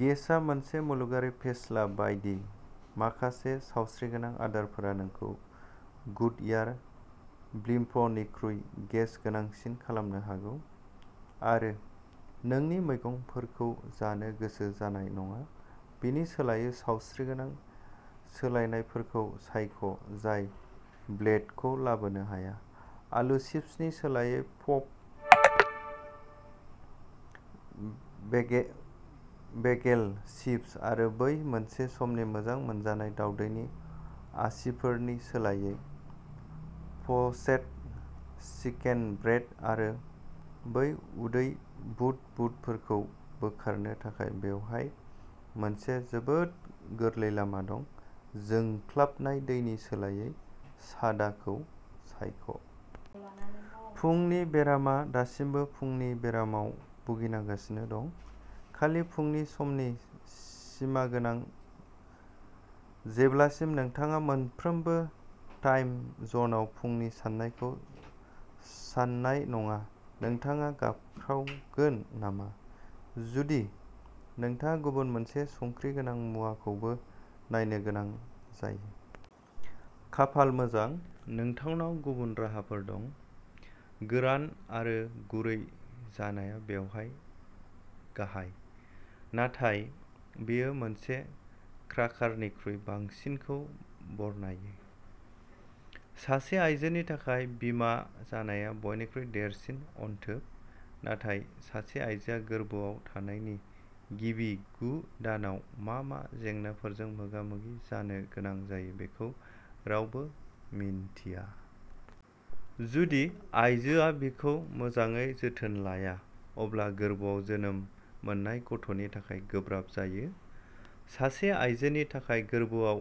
गेसा मोनसे मुलुगारि फेस्ला बायदि माखासे सावस्रिगोनां आदारफोरा नोंखौ गुडइयार ब्लिम्पनिख्रुइ गेस गोनांसिन खालामनो हागौ आरो नोंनि मैगंफोरखौ जानो गोसो जानाय नङा। बेनि सोलायै सावस्रिगोनां सोलायनायफोरखौ सायख' जाय ब्लेटखौ लाबोनो हाया। आलु चिप्सनि सोलायै पप बेगेल चिप्स, आरो बै मोनसे समनि मोजां मोनजानाय दावदैनि आसिफोरनि सोलायै प'चेद चिकेन ब्रेस्ट आरो बै उदै बुदबुदफोरखौ बोखारनो थाखाय बेवहाय मोनसे जोबोद गोरलै लामा दङ' जोंख्लाबनाय दैनि सोलायै, सादाखौ सायख'। फुंनि बेरामा दासिमबो फुंनि बेरामाव भुगिगासिनो दं। खालि फुंनि समसिम सिमागोनां, जेब्लासिम नोंथाङा मोनफ्रोमबो टाइम जनआव फुंनि साननायखौ सान्नाय नङा? नोंथाङा गाबख्रावगोन नामा, जुदि नोंथाङा गुबुन मोनसे संख्रि गोनां मुवाखौबो नायनो गोनां जायो? खाफाल मोजां, नोंथांनाव गुबुन राहाफोर दं। गोरान आरो गुरै जानाया बेवहाय गाहाय, नाथाय बेयो मोनसे क्राकारनिख्रुइ बांसिनखौ बरनायो। सासे आइजोनि थाखाय बिमा जानाया बयनिख्रुइ देरसिन अनथोब। नाथाय सासे आइजोआ गोर्बोआव थानायनि गिबि गु दानाव मा मा जेंनाफोरजों मोगा मोगि जानो गोनां जायो बेखौ रावबो मिन्थिया। जुदि आइजोआ बिखौ मोजाङै जोथोन लाया, अब्ला गोरबोआव जोनोम मोननाय गथ'नि थाखाय गोब्राब जायो। सासे आइजोनि थाखाय, गोर्बोआव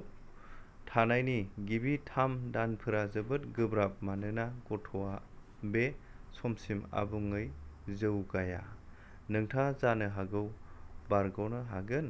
थानायनि गिबि थाम दानफोरा जोबोद गोब्राब मानोना गथ'आ बे समसिम आबुङै जौगाया। नोंथाङा जानो हागौ बारग'नो हागोन।